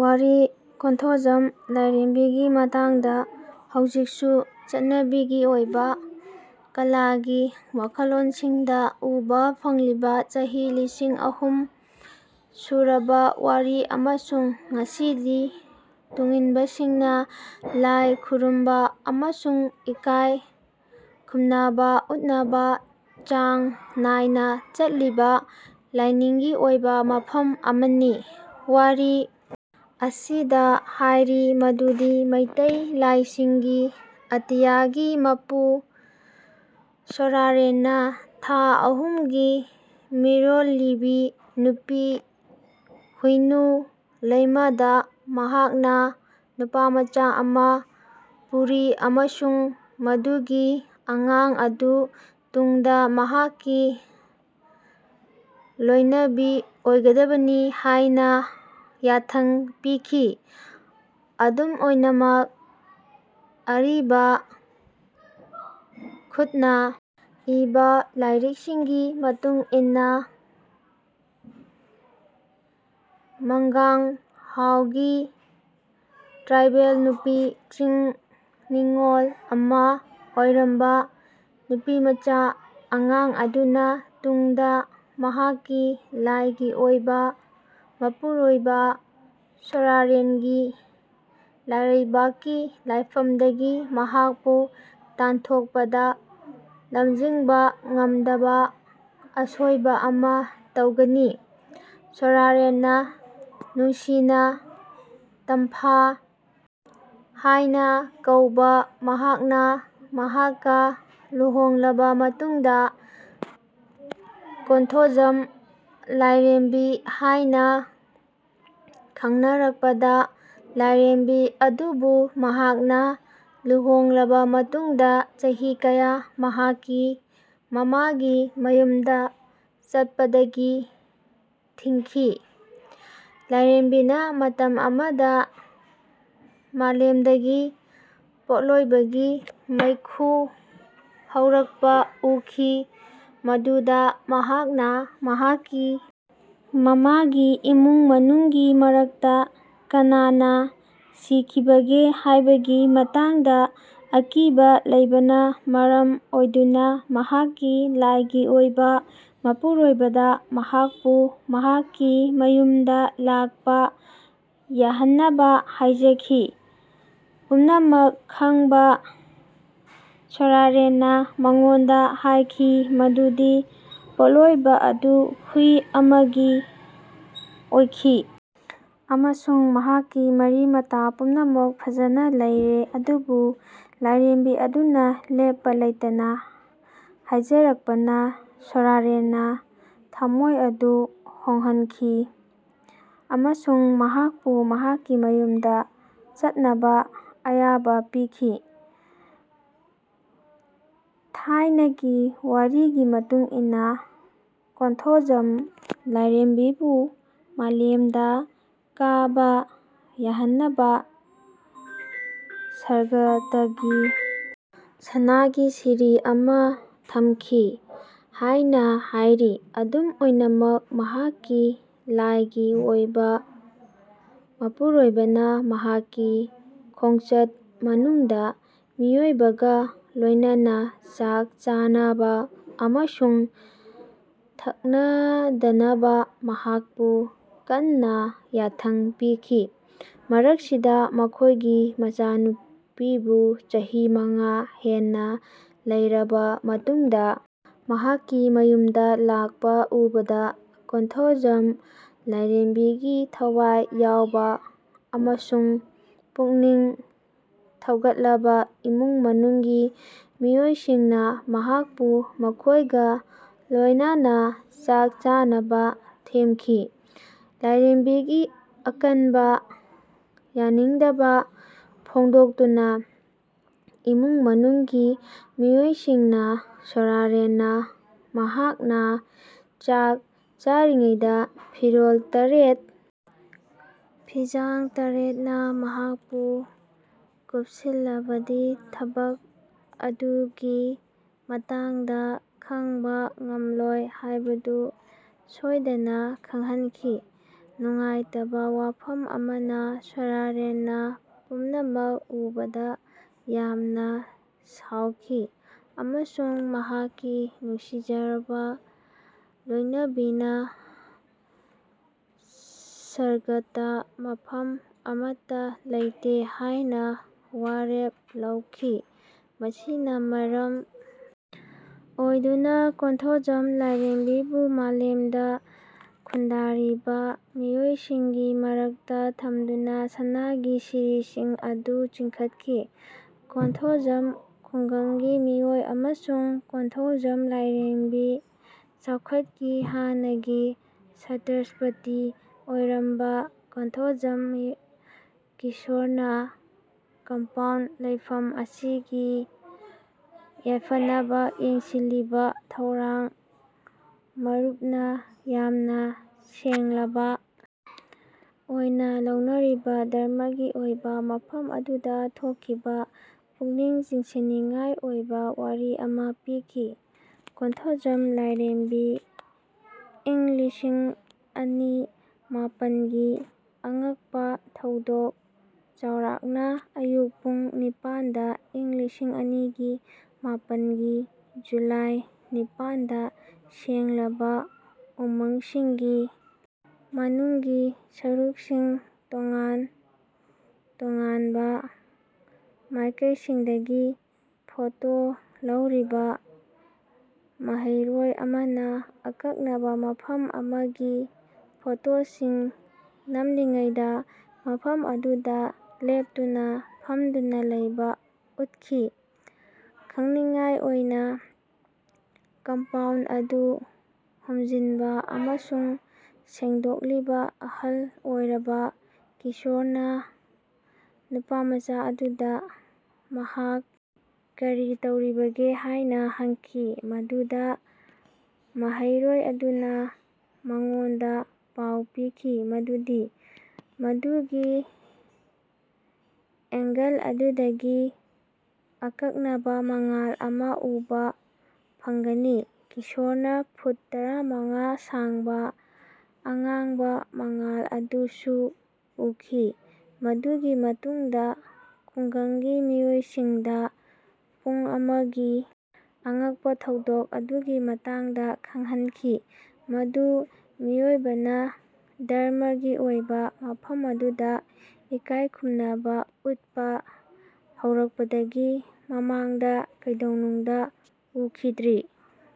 ꯋꯥꯔꯤ ꯀꯣꯟꯊꯣꯖꯝ ꯂꯥꯏꯔꯦꯝꯕꯤꯒꯤ ꯃꯇꯥꯡꯗ ꯍꯧꯖꯤꯛꯁꯨ ꯆꯠꯅꯕꯤꯒꯤ ꯑꯣꯏꯕ ꯀꯂꯥꯒꯤ ꯋꯥꯈꯜꯂꯣꯟꯁꯤꯡꯗ ꯎꯕ ꯐꯪꯂꯤꯕ ꯆꯍꯤ ꯂꯤꯁꯤꯡ ꯑꯍꯨꯝ ꯁꯨꯔꯕ ꯋꯥꯔꯤ ꯑꯃꯁꯨꯡ ꯉꯁꯤꯗꯤ ꯇꯨꯡꯏꯟꯕꯁꯤꯡꯅ ꯂꯥꯏ ꯈꯨꯔꯨꯝꯕ ꯑꯃꯁꯨꯡ ꯏꯀꯥꯏ ꯈꯨꯝꯅꯕ ꯎꯠꯅꯕ ꯆꯥꯡ ꯅꯥꯏꯅ ꯆꯠꯂꯤꯕ ꯂꯥꯏꯅꯤꯡꯒꯤ ꯑꯣꯏꯕ ꯃꯐꯝ ꯑꯃꯅꯤ꯫ ꯋꯥꯔꯤ ꯑꯁꯤꯗ ꯍꯥꯏꯔꯤ ꯃꯗꯨꯗꯤ ꯃꯩꯇꯩ ꯂꯥꯏꯁꯤꯡꯒꯤ ꯑꯇꯤꯌꯥꯒꯤ ꯃꯄꯨ ꯁꯣꯔꯥꯔꯦꯟꯅ ꯊꯥ ꯑꯍꯨꯝꯒꯤ ꯃꯤꯔꯣꯜꯂꯤꯕꯤ ꯅꯨꯄꯤ ꯍꯨꯏꯅꯨ ꯂꯩꯃꯥꯗ ꯃꯍꯥꯛꯅ ꯅꯨꯄꯤꯃꯆꯥ ꯑꯃꯥ ꯄꯨꯔꯤ ꯑꯃꯁꯨꯡ ꯃꯗꯨꯒꯤ ꯑꯉꯥꯡ ꯑꯗꯨ ꯇꯨꯡꯗ ꯃꯍꯥꯛꯀꯤ ꯂꯣꯏꯅꯕꯤ ꯑꯣꯏꯒꯗꯕꯅꯤ ꯍꯥꯏꯅ ꯌꯥꯊꯪ ꯄꯤꯈꯤ꯫ ꯑꯗꯨꯝ ꯑꯣꯏꯅꯃꯛ ꯑꯔꯤꯕ ꯈꯨꯠꯅ ꯏꯕ ꯂꯥꯏꯔꯤꯛꯁꯤꯡꯒꯤ ꯃꯇꯨꯡ ꯏꯟꯅ ꯃꯪꯒꯥꯡ ꯍꯥꯎꯒꯤ ꯇ꯭ꯔꯥꯏꯕꯦꯜ ꯅꯨꯄꯤ ꯆꯤꯡ ꯅꯤꯡꯒꯣꯜ ꯑꯃ ꯑꯣꯏꯔꯝꯕ ꯅꯨꯄꯤꯃꯆꯥ ꯑꯉꯥꯡ ꯑꯗꯨꯅ ꯇꯨꯡꯗ ꯃꯍꯥꯛꯀꯤ ꯂꯥꯏꯒꯤ ꯑꯣꯏꯕ ꯃꯄꯨꯔꯣꯏꯕ ꯁꯣꯔꯥꯔꯦꯟꯒꯤ ꯂꯥꯏꯔꯩꯕꯥꯛꯀꯤ ꯂꯩꯐꯝꯗꯒꯤ ꯃꯍꯥꯛꯄꯨ ꯇꯥꯟꯊꯣꯛꯄꯗ ꯂꯝꯖꯤꯡꯕ ꯉꯝꯗꯕ ꯑꯁꯣꯏꯕ ꯑꯃ ꯇꯧꯒꯅꯤ꯫ ꯁꯣꯔꯥꯔꯦꯟꯅ ꯅꯨꯡꯁꯤꯅ ꯇꯝꯐꯥ ꯍꯥꯏꯅ ꯀꯧꯕ ꯃꯍꯥꯛꯅ ꯃꯍꯥꯛꯀ ꯂꯨꯍꯣꯡꯂꯕ ꯃꯇꯨꯡꯗ ꯀꯣꯟꯊꯣꯖꯝ ꯂꯥꯏꯔꯦꯝꯕꯤ ꯍꯥꯏꯅ ꯈꯪꯅꯔꯛꯀꯗꯕ ꯂꯥꯏꯔꯦꯝꯕꯤ ꯑꯗꯨꯕꯨ ꯃꯍꯥꯛꯅ ꯂꯨꯍꯣꯡꯂꯕ ꯃꯇꯨꯡꯗ ꯆꯍꯤ ꯀꯌꯥ ꯃꯍꯥꯛꯀꯤ ꯃꯃꯥꯒꯤ ꯃꯌꯨꯝꯗ ꯆꯠꯄꯗꯒꯤ ꯊꯤꯡꯈꯤ꯫ ꯂꯥꯏꯔꯦꯝꯕꯤꯅ ꯃꯇꯝ ꯑꯃꯗ ꯃꯥꯂꯦꯝꯗꯒꯤ ꯄꯣꯠꯂꯣꯏꯕꯒꯤ ꯃꯩꯈꯨ ꯍꯧꯔꯛꯄ ꯎꯈꯤ ꯃꯗꯨꯗ ꯃꯍꯥꯛꯅ ꯃꯍꯥꯛꯀꯤ ꯃꯃꯥꯒꯤ ꯏꯃꯨꯡ ꯃꯅꯨꯡꯒꯤ ꯃꯔꯛꯇ ꯀꯅꯥꯅ ꯁꯤꯈꯤꯕꯒꯦ ꯍꯥꯏꯕꯒꯤ ꯃꯇꯥꯡꯗ ꯑꯀꯤꯕ ꯂꯩꯕꯅ ꯃꯔꯝ ꯑꯣꯏꯗꯨꯅ ꯃꯍꯥꯛꯀꯤ ꯂꯥꯏꯒꯤ ꯑꯣꯏꯕ ꯃꯄꯨꯔꯣꯏꯕꯗ ꯃꯍꯥꯛꯄꯨ ꯃꯍꯥꯛꯀꯤ ꯃꯌꯨꯝꯗ ꯂꯥꯛꯄ ꯌꯥꯍꯟꯅꯕ ꯍꯥꯏꯖꯈꯤ꯫ ꯄꯨꯝꯅꯃꯛ ꯈꯪꯕ ꯁꯣꯔꯥꯔꯦꯟꯅ ꯃꯉꯣꯟꯗ ꯍꯥꯏꯈꯤ ꯃꯗꯨꯗꯤ ꯄꯣꯠꯂꯣꯏꯕ ꯑꯗꯨ ꯍꯨꯏ ꯑꯃꯒꯤ ꯑꯣꯏꯈꯤ ꯑꯃꯁꯨꯡ ꯃꯍꯥꯛꯀꯤ ꯃꯔꯤ-ꯃꯇꯥ ꯄꯨꯝꯅꯃꯛ ꯐꯖꯅ ꯂꯩꯔꯦ꯫ ꯑꯗꯨꯕꯨ ꯂꯥꯏꯔꯦꯝꯕꯤ ꯑꯗꯨꯅ ꯂꯦꯞꯄ ꯂꯩꯇꯅ ꯍꯥꯏꯖꯔꯛꯄꯅ ꯁꯣꯔꯥꯔꯦꯟꯒꯤ ꯊꯃꯣꯏ ꯑꯗꯨ ꯍꯣꯡꯍꯟꯈꯤ ꯑꯃꯁꯨꯡ ꯃꯍꯥꯛꯄꯨ ꯃꯍꯥꯛꯀꯤ ꯃꯌꯨꯝꯗ ꯆꯠꯅꯕ ꯑꯌꯥꯕ ꯄꯤꯈꯤ꯫ ꯊꯥꯏꯅꯒꯤ ꯋꯥꯔꯤꯒꯤ ꯃꯇꯨꯡ ꯏꯟꯅ ꯀꯣꯟꯊꯣꯖꯝ ꯂꯥꯏꯔꯦꯝꯕꯤꯕꯨ ꯃꯥꯂꯦꯝꯗ ꯀꯥꯕ ꯌꯥꯍꯟꯅꯕ ꯁꯔꯒꯇꯒꯤ ꯁꯅꯥꯒꯤ ꯁꯤꯔꯤ ꯑꯃ ꯊꯝꯈꯤ ꯍꯥꯏꯅ ꯍꯥꯏꯔꯤ꯫ ꯑꯗꯨꯝ ꯑꯣꯏꯅꯃꯛ ꯃꯍꯥꯛꯀꯤ ꯂꯥꯏꯒꯤ ꯑꯣꯏꯕ ꯃꯄꯨꯔꯣꯏꯕꯅ ꯃꯍꯥꯛꯀꯤ ꯈꯣꯡꯆꯠ ꯃꯅꯨꯡꯗ ꯃꯤꯑꯣꯏꯕꯒ ꯂꯣꯏꯅꯅ ꯆꯥꯛ ꯆꯥꯅꯕ ꯑꯃꯁꯨꯡ ꯊꯛꯅꯗꯅꯕ ꯃꯍꯥꯛꯄꯨ ꯀꯟꯅ ꯌꯥꯊꯪ ꯄꯤꯈꯤ꯫ ꯃꯔꯛꯁꯤꯗ ꯃꯈꯣꯏꯒꯤ ꯃꯆꯥꯅꯨꯄꯤꯕꯨ ꯆꯍꯤ ꯃꯉꯥ ꯍꯦꯟꯅ ꯂꯩꯔꯕ ꯃꯇꯨꯡꯗ ꯃꯍꯥꯛꯀꯤ ꯃꯌꯨꯝꯗ ꯂꯥꯛꯄ ꯎꯕꯗ ꯀꯣꯟꯊꯧꯖꯝ ꯂꯥꯏꯔꯦꯝꯕꯤꯒꯤ ꯊꯋꯥꯏ ꯌꯥꯎꯕ ꯑꯃꯁꯨꯡ ꯄꯨꯛꯅꯤꯡ ꯊꯧꯒꯠꯂꯕ ꯏꯃꯨꯡ ꯃꯅꯨꯡꯒꯤ ꯃꯤꯑꯣꯏꯁꯤꯡꯅ ꯃꯍꯥꯛꯄꯨ ꯃꯈꯣꯏꯒ ꯂꯣꯏꯅꯅ ꯆꯥꯛ ꯆꯥꯅꯕ ꯊꯦꯝꯈꯤ꯫ ꯂꯥꯏꯔꯦꯝꯕꯤꯒꯤ ꯑꯀꯟꯕ ꯌꯥꯅꯤꯡꯗꯕ ꯐꯣꯡꯗꯣꯛꯇꯨꯅ ꯏꯃꯨꯡ ꯃꯅꯨꯡꯒꯤ ꯃꯤꯑꯣꯏꯁꯤꯡꯅ ꯁꯣꯔꯥꯔꯦꯟꯅ ꯃꯍꯥꯛꯅ ꯆꯥꯛ ꯆꯥꯔꯤꯉꯩꯗ ꯐꯤꯔꯣꯜ ꯇꯔꯦꯠ ꯐꯤꯖꯥꯡ ꯇꯥꯔꯦꯠꯅ ꯃꯍꯥꯛꯄꯨ ꯀꯨꯞꯁꯤꯜꯂꯕꯗꯤ ꯊꯕꯛ ꯑꯗꯨꯒꯤ ꯃꯇꯥꯡꯗ ꯈꯪꯕ ꯉꯝꯂꯣꯏ ꯍꯥꯏꯕꯗꯨ ꯁꯣꯏꯗꯅ ꯈꯪꯍꯟꯈꯤ꯫ ꯅꯨꯡꯉꯥꯏꯇꯕ ꯋꯥꯐꯝ ꯑꯃꯅ ꯁꯣꯔꯥꯔꯦꯟꯅ ꯄꯨꯝꯅꯃꯛ ꯎꯕꯗ ꯌꯥꯝꯅ ꯁꯥꯎꯈꯤ ꯑꯃꯁꯨꯡ ꯃꯍꯥꯛꯀꯤ ꯅꯨꯡꯁꯤꯖꯔꯕ ꯂꯣꯏꯅꯕꯤꯅ ꯁꯔꯒꯇ ꯃꯐꯝ ꯑꯃꯠꯇ ꯂꯩꯇꯦ ꯍꯥꯏꯅ ꯋꯥꯔꯦꯞ ꯂꯧꯈꯤ꯫ ꯃꯁꯤꯅ ꯃꯔꯝ ꯑꯣꯏꯗꯨꯅ ꯀꯣꯟꯊꯧꯖꯝ ꯂꯥꯏꯔꯦꯝꯕꯤꯕꯨ ꯃꯥꯂꯦꯝꯗ ꯈꯨꯟꯗꯥꯔꯤꯕ ꯃꯤꯑꯣꯏꯁꯤꯡꯒꯤ ꯃꯔꯛꯇ ꯊꯝꯗꯨꯅ ꯁꯅꯥꯒꯤ ꯁꯤꯔꯤꯁꯤꯡ ꯑꯗꯨ ꯆꯤꯡꯈꯠꯈꯤ꯫ ꯀꯣꯟꯊꯧꯖꯝ ꯈꯨꯡꯒꯪꯒꯤ ꯃꯤꯑꯣꯏ ꯑꯃꯁꯨꯡ ꯀꯣꯟꯊꯣꯖꯝ ꯂꯥꯏꯔꯦꯝꯕꯤ ꯆꯥꯎꯈꯠꯀꯤ ꯍꯥꯟꯅꯒꯤ ꯔꯥꯁꯇ꯭ꯔꯄꯇꯤ ꯑꯣꯏꯔꯝꯕ ꯀꯣꯟꯊꯧꯖꯝ ꯀꯤꯁꯣꯔꯅ ꯀꯝꯄꯥꯎꯟꯗ ꯂꯩꯐꯝ ꯑꯁꯤꯒꯤ ꯌꯥꯏꯐꯅꯕ ꯌꯦꯡꯁꯤꯜꯂꯤꯕ ꯊꯣꯔꯥꯡ ꯃꯥꯔꯨꯞꯅ ꯌꯥꯝꯅ ꯁꯦꯡꯂꯕ ꯑꯣꯏꯅ ꯂꯧꯅꯔꯤꯕ ꯙꯔꯃꯒꯤ ꯑꯣꯏꯕ ꯃꯐꯝ ꯑꯗꯨꯗ ꯊꯣꯛꯈꯤꯕ ꯄꯨꯛꯅꯤꯡ ꯆꯤꯡꯁꯤꯟꯅꯤꯡꯉꯥꯏ ꯑꯣꯏꯕ ꯋꯥꯔꯤ ꯑꯃ ꯄꯤꯈꯤ꯫ ꯀꯣꯟꯊꯧꯖꯝ ꯂꯥꯏꯔꯦꯝꯕꯤ ꯏꯪ ꯂꯤꯁꯤꯡ ꯑꯅꯤ ꯃꯥꯄꯟꯒꯤ ꯑꯉꯛꯄ ꯊꯧꯗꯣꯛ ꯆꯥꯎꯔꯥꯛꯅ ꯑꯌꯨꯛ ꯄꯨꯡ ꯅꯤꯄꯥꯜꯗ ꯏꯪ ꯂꯤꯁꯤꯡ ꯑꯅꯤ ꯃꯥꯄꯟꯒꯤ ꯖꯨꯂꯥꯏ ꯅꯤꯄꯥꯟꯗ ꯁꯦꯡꯂꯕ ꯎꯃꯪꯁꯤꯡꯒꯤ ꯃꯅꯨꯡꯒꯤ ꯁꯔꯨꯛꯁꯤꯡ ꯇꯣꯉꯥꯟ ꯇꯣꯉꯥꯟꯕ ꯃꯥꯏꯀꯩꯁꯤꯡꯗꯒꯤ ꯐꯣꯇꯣ ꯂꯧꯔꯤꯕ ꯃꯍꯩꯔꯣꯏ ꯑꯃꯅ ꯑꯀꯛꯅꯕ ꯃꯐꯝ ꯑꯃꯒꯤ ꯐꯣꯇꯣꯁꯤꯡ ꯅꯝꯂꯤꯉꯩꯗ ꯃꯐꯝ ꯑꯗꯨꯗ ꯂꯦꯞꯇꯨꯅ ꯐꯝꯗꯨꯅ ꯂꯩꯕ ꯎꯠꯈꯤ꯫ ꯈꯩꯅꯤꯡꯉꯥꯏ ꯑꯣꯏꯅ ꯀꯝꯄꯥꯎꯟꯗ ꯑꯗꯨ ꯍꯨꯝꯖꯤꯟꯕ ꯑꯃꯁꯨꯡ ꯁꯦꯡꯗꯣꯛꯂꯤꯕ ꯑꯍꯜ ꯑꯣꯏꯔꯕ ꯀꯤꯁꯣꯔꯅ ꯅꯨꯄꯥꯃꯆꯥ ꯑꯗꯨꯗ ꯃꯍꯥꯛ ꯀꯔꯤ ꯇꯧꯔꯤꯕꯒꯦ ꯍꯥꯏꯅ ꯍꯪꯈꯤ ꯃꯗꯨꯗ ꯃꯍꯩꯔꯣꯏ ꯑꯗꯨꯅ ꯃꯉꯣꯟꯗ ꯄꯥꯎ ꯄꯤꯈꯤ ꯃꯗꯨꯗꯤ ꯃꯗꯨꯒꯤ ꯑꯦꯡꯒꯜ ꯑꯗꯨꯗꯒꯤ ꯑꯀꯛꯅꯕ ꯃꯉꯥꯜ ꯑꯃ ꯎꯕ ꯐꯪꯒꯅꯤ꯫ ꯀꯤꯁꯣꯔꯅ ꯐꯨꯠ ꯇꯔꯥꯃꯉꯥ ꯁꯥꯡꯕ ꯑꯉꯥꯡꯕ ꯃꯉꯥꯜ ꯑꯗꯨꯁꯨ ꯎꯈꯤ ꯃꯗꯨꯒꯤ ꯃꯇꯨꯡꯗ ꯈꯨꯡꯒꯪꯒꯤ ꯃꯤꯑꯣꯏꯁꯤꯡꯗ ꯄꯨꯡ ꯑꯃꯒꯤ ꯑꯉꯛꯄ ꯊꯧꯗꯣꯛ ꯑꯗꯨꯒꯤ ꯃꯇꯥꯡꯗ ꯈꯪꯍꯟꯈꯤ ꯃꯗꯨ ꯃꯤꯑꯣꯏꯕꯅ ꯙꯔꯃꯒꯤ ꯑꯣꯏꯕ ꯃꯐꯝ ꯑꯗꯨꯗ ꯏꯀꯥꯏ ꯈꯨꯝꯅꯕ ꯎꯠꯄ ꯍꯧꯔꯛꯄꯗꯒꯤ ꯃꯃꯥꯡꯗ ꯀꯩꯗꯧꯅꯨꯡꯗ ꯎꯈꯤꯗ꯭ꯔꯤ꯫